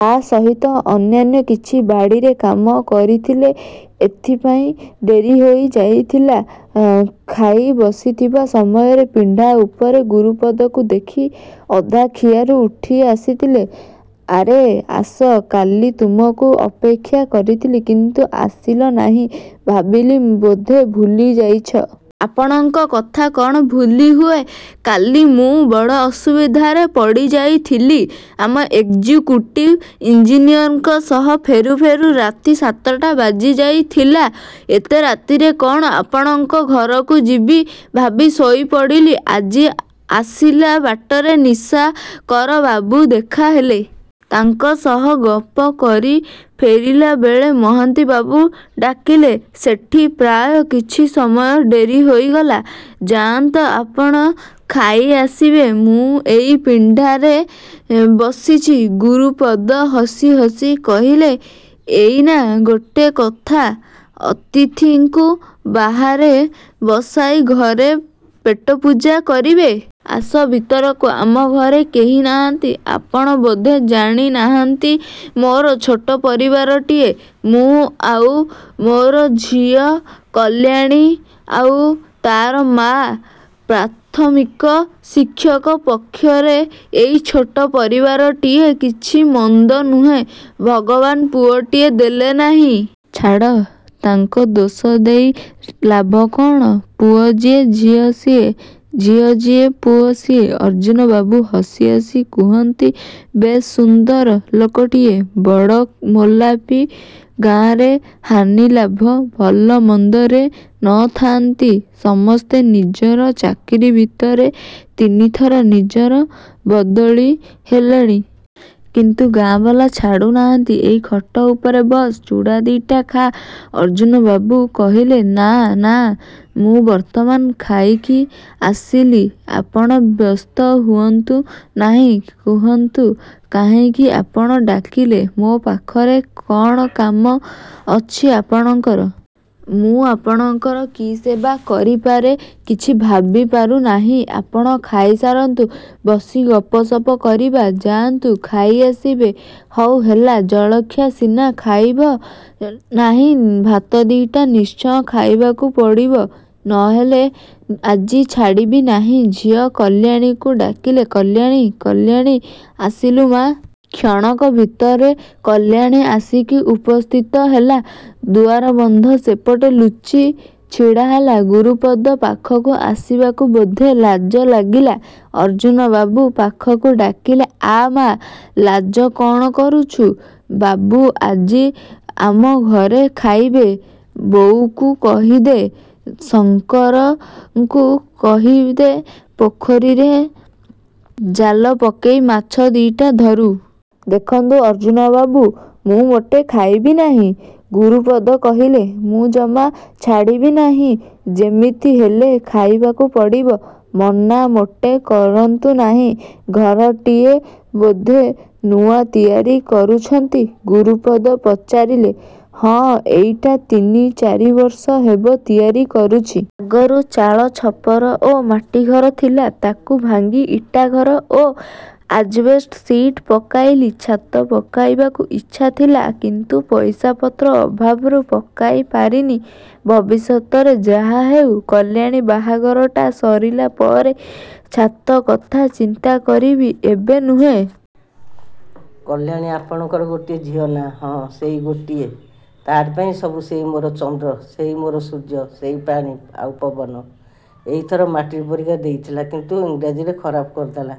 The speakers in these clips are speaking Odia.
ତା' ସହିତ ଅନ୍ୟାନ୍ୟ କିଛି ବାଡ଼ିରେ କାମ କରିଥିଲେ। ଏଥିପାଇଁ ଡେରି ହୋଇ ଯାଇଥିଲା। ଖାଇ ବସିଥିବା ସମୟରେ ପିଣ୍ଡା ଉପରେ ଗୁରୁପଦକୁ ଦେଖି ଅଧା ଖିଆରୁ ଉଠିଆସିଲେ। ଆରେ ଆସ, କାଲି ତୁମକୁ ଅପେକ୍ଷା କରିଥିଲି, କିନ୍ତୁ ଆସିଲ ନାହିଁ। ଭାବିଲି ବୋଧେ ଭୁଲି ଯାଇଛ। ଆପଣଙ୍କ କଥା କ'ଣ ଭୁଲି ହୁଏ? କାଲି ମୁଁ ବଡ଼ ଅସୁବିଧାରେ ପଡ଼ିଯାଇଥିଲି। ଆମ ଇକ୍ଜ୍ୟୁକୁଟିଭ ଇଞ୍ଜିନିୟରଙ୍କ ସହିତ ଫେରୁ ଫେରୁ ରାତି ସାତଟା ବାଜି ଯାଇଥିଲା। ଏତେ ରାତିରେ କ'ଣ ଆପଣଙ୍କ ଘରକୁ ଯିବି ଭାବି, ଶୋଇପଡ଼ିଲି। ଆଜି ଆସିଲି, ବାଟରେ ନିଶାକରବାବୁ ଦେଖାହେଲେ। ତାଙ୍କ ସହିତ ଗପ କରି ଫେରିଲାବେଳେ ମହାନ୍ତିବାବୁ ଡାକିଲେ। ସେଠି ପ୍ରାୟ କିଛି ସମୟ ଡେରି ହୋଇଗଲା। ଯାଆନ୍ତ ଆପଣ ଖାଇ ଆସିବେ, ମୁଁ ଏଇ ପିଣ୍ଡାରେ ବସିଛି; ଗୁରୁପଦ ହସି ହସି କହିଲା। ଇଏନା ଗୋଟାଏ କଥା! ଅତିଥିଙ୍କୁ ବାହାରେ ବସାଇ ଘରେ ପେଟପୂଜା କରିବି? ଆସ ଭିତରକୁ, ଆମ ଘରେ କେହି ନାହାନ୍ତି। ଆପଣ ବୋଧେ ଜାଣି ନାହାନ୍ତି, ମୋର ଛୋଟ ପରିବାରଟିଏ। ମୁଁ, ଆଉ ମୋର ଝିଅ କଲ୍ୟାଣୀ, ଆଉ ତା' ମା'। ପ୍ରାଥମିକ ଶିକ୍ଷକ ପକ୍ଷରେ ଏଇ ଛୋଟ ପରିବାରଟି କିଛି ମନ୍ଦ ନୁହେଁ। ଭଗବାନ୍ ପୁଅଟିଏ ଦେଲେନାହିଁ।... ଛାଡ଼, ତାଙ୍କୁ ଦୋଷ ଦେଇ ଲାଭ କ'ଣ? ପୁଅ ଯିଏ ଝିଅ ସିଏ। ଝିଅ ଯିଏ ପୁଅ ସିଏ, ଅର୍ଜ୍ଜୁନବାବୁ ହସି ହସି କହୁଥାନ୍ତି। ବେଶ୍ ସୁନ୍ଦର ଲୋକଟିଏ। ବଡ଼। ମେଳାପି, ଗାଁରେ ହାନିଲାଭ, ଭଲମନ୍ଦରେ ନ ଥାନ୍ତି। ସମସ୍ତେ ନିଜର। ଚାକିରି ଭିତରେ ତିନିଥର ନିଜର ବଦଳି ହେଲାଣି। କିନ୍ତୁ ଗାଁ ବାଲା ଛାଡ଼ୁନାହାନ୍ତି। ଏଇ ଖଟ ଉପରେ ବସ, ଚୁଡ଼ା ଦି'ଟା ଖାଅ, ଅର୍ଜ୍ଜୁନବାବୁ କହିଲେ। ନାଁ ନାଁ, ମୁଁ ବର୍ତ୍ତମାନ ଖାଇକରି ଆସିଲି। ଆପଣ ବ୍ୟସ୍ତ ହୁଅନ୍ତୁ ନାହିଁ। କୁହନ୍ତୁ କାହିଁକି ଆପଣ ଡାକିଥିଲେ। ମୋ ପାଖରେ କ'ଣ କାମ ଅଛି ଆପଣଙ୍କର? ମୁଁ ଆପଣଙ୍କର କି ସେବା କରିପାରେ କିଛି ଭାବି ପାରୁନାହିଁ। ଆପଣ ଖାଇସାରନ୍ତୁ, ବସି ଗପସପ କରିବା। ଯାଆନ୍ତୁ ଖାଇ ଆସିବେ। ହଉ ହେଲା, ଜଳଖିଆ ସିନା ଖାଇବ ନାହିଁ, ଭାତ ଦି'ଟା ନିଶ୍ଚୟ ଖାଇବାକୁ ପଡ଼ିବ। ନ ଖୋଇ ଆଜି ଛାଡ଼ିବି ନାହିଁ। ଝିଅ କଲ୍ୟାଣୀକୁ ଡାକିଲେ–କଲ୍ୟାଣୀ, କଲ୍ୟାଣୀ ଆସିଲୁ ମା'। କ୍ଷଣକ ଭିତରେ କଲ୍ୟାଣୀ ଆସି ଉପସ୍ଥିତ ହେଲା, ଦୁଆରବନ୍ଧ ସେପଟେ ଲୁଚି ଛିଡ଼ା ହେଲା; ଗୁରୁପଦ ପାଖକୁ ଆସିବାକୁ ବୋଧେ ଲାଜଲାଗିଲା। ଅର୍ଜ୍ଜୁନବାବୁ ପାଖକୁ ଡାକିଲେ ଆ ମା, ଲାଜ କ'ଣ କରୁଛୁ। ବାବୁ ଆଜି ଆମଘରେ ଖାଇବେ। ବୋଉକୁ କହିଦେ। ଶଙ୍କରଙ୍କୁ କହିଦେ, ପୋଖରୀରେ ଜାଲପକାଇ ମାଛଦି'ଟା ଧରୁ। ଦେଖନ୍ତୁ ଅର୍ଜ୍ଜୁନବାବୁ, ମୁଁ ମୋଟେ ଖାଇବି ନାହିଁ, ଗୁରୁପଦ କହିଲା। ମୁଁ ଜମା ଛାଡ଼ିବି ନାହିଁ, ଯେମିତି ହେଲେ ଖାଇବାକୁ ପଡ଼ିବ। ମନା ମୋଟେ କରନ୍ତୁ ନାହିଁ। ଘରଟି ବୋଧେ ନୂଆ ତିଆରି କରିଛନ୍ତି? ଗୁରୁପଦ ପଚାରିଲା। ହଁ, ଏଇ ତିନି ଚାରିବର୍ଷ ହେବ ତିଆରି କରିଛି। ଆଗରୁ ଚାଳ ଛପର ଓ ମାଟି ଘର ଥିଲା। ତା'କୁ ଭାଙ୍ଗି ଇଟାଘର ଓ ଆଜ୍ବେସ୍ଟସ୍ ସିଟ୍ ପକାଇଲି। ଛାତ ପକାଇବାକୁ ଇଚ୍ଛା ଥିଲା। କିନ୍ତୁ ପଇସାପତ୍ର ଅଭାବରୁ ପକାଇ ପାରିନି। ଭବିଷ୍ୟତରେ ଯାହା ହେବ। କଲ୍ୟାଣୀ ବାହାଘରଟା ସରିଲାପରେ ଛାତ କଥା ଚିନ୍ତା କରିବି, ଏବେ ନୁହେଁ। କଲ୍ୟାଣୀ ଆପଣଙ୍କର ଗୋଟିଏ ଝିଅ ନାଁ? ହଁ ସେଇ ଗୋଟିଏ, ତା'ରି ପାଇଁ ସବୁ। ସେଇ ମୋର ଚନ୍ଦ୍ର, ସେଇ ମୋର ସୂର୍ଯ୍ୟ, ସେଇ ପାଣି, ଆଉ ପବନ। ଏଇଥର ମାଟ୍ରିକ୍ ପରୀକ୍ଷା ଦେଇଥିଲା। କିନ୍ତୁ ଇଂରାଜୀରେ ଖରାପ କରିଦେଲା,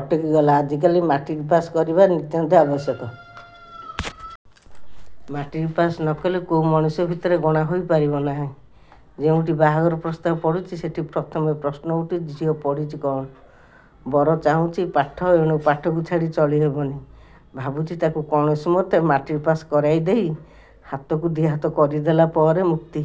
ଅଟକିଗଲା। ଆଜିକାଲି ମାଟ୍ରିକ୍ଟା ପାଶ୍ କରିବା ନିତ୍ୟାନ୍ତ ଆବଶ୍ୟକ। ମାଟ୍ରିକ୍ ପାଶ୍ ନ କଲେ କୋଉ ମଣିଷ ଭିତରେ ଗଣାହୋଇ ପାରିବ ନାହିଁ। ଯେଉଁଠି ବାହାଘର ପ୍ରସ୍ତାବ ପଡ଼ୁଚି ସେଠି ପ୍ରଥମେ ପ୍ରଶ୍ନ ଉଠୁଛି ଝିଅ ପଢ଼ିଛି କ'ଣ? ବର ଚାହୁଁଛି ପାଠ। ଏଣୁ ପାଠକୁ ଛାଡ଼ି ଚଳି ହେବନି। ଭାବୁଛି ତା'କୁ କୌଣସିମତେ ମାଟ୍ରିକ ପାଶ୍ କରାଇଦେଇ, ହାତକୁ ଦି'ହାତ କରିଦେଲା ପରେ ମୁକ୍ତି।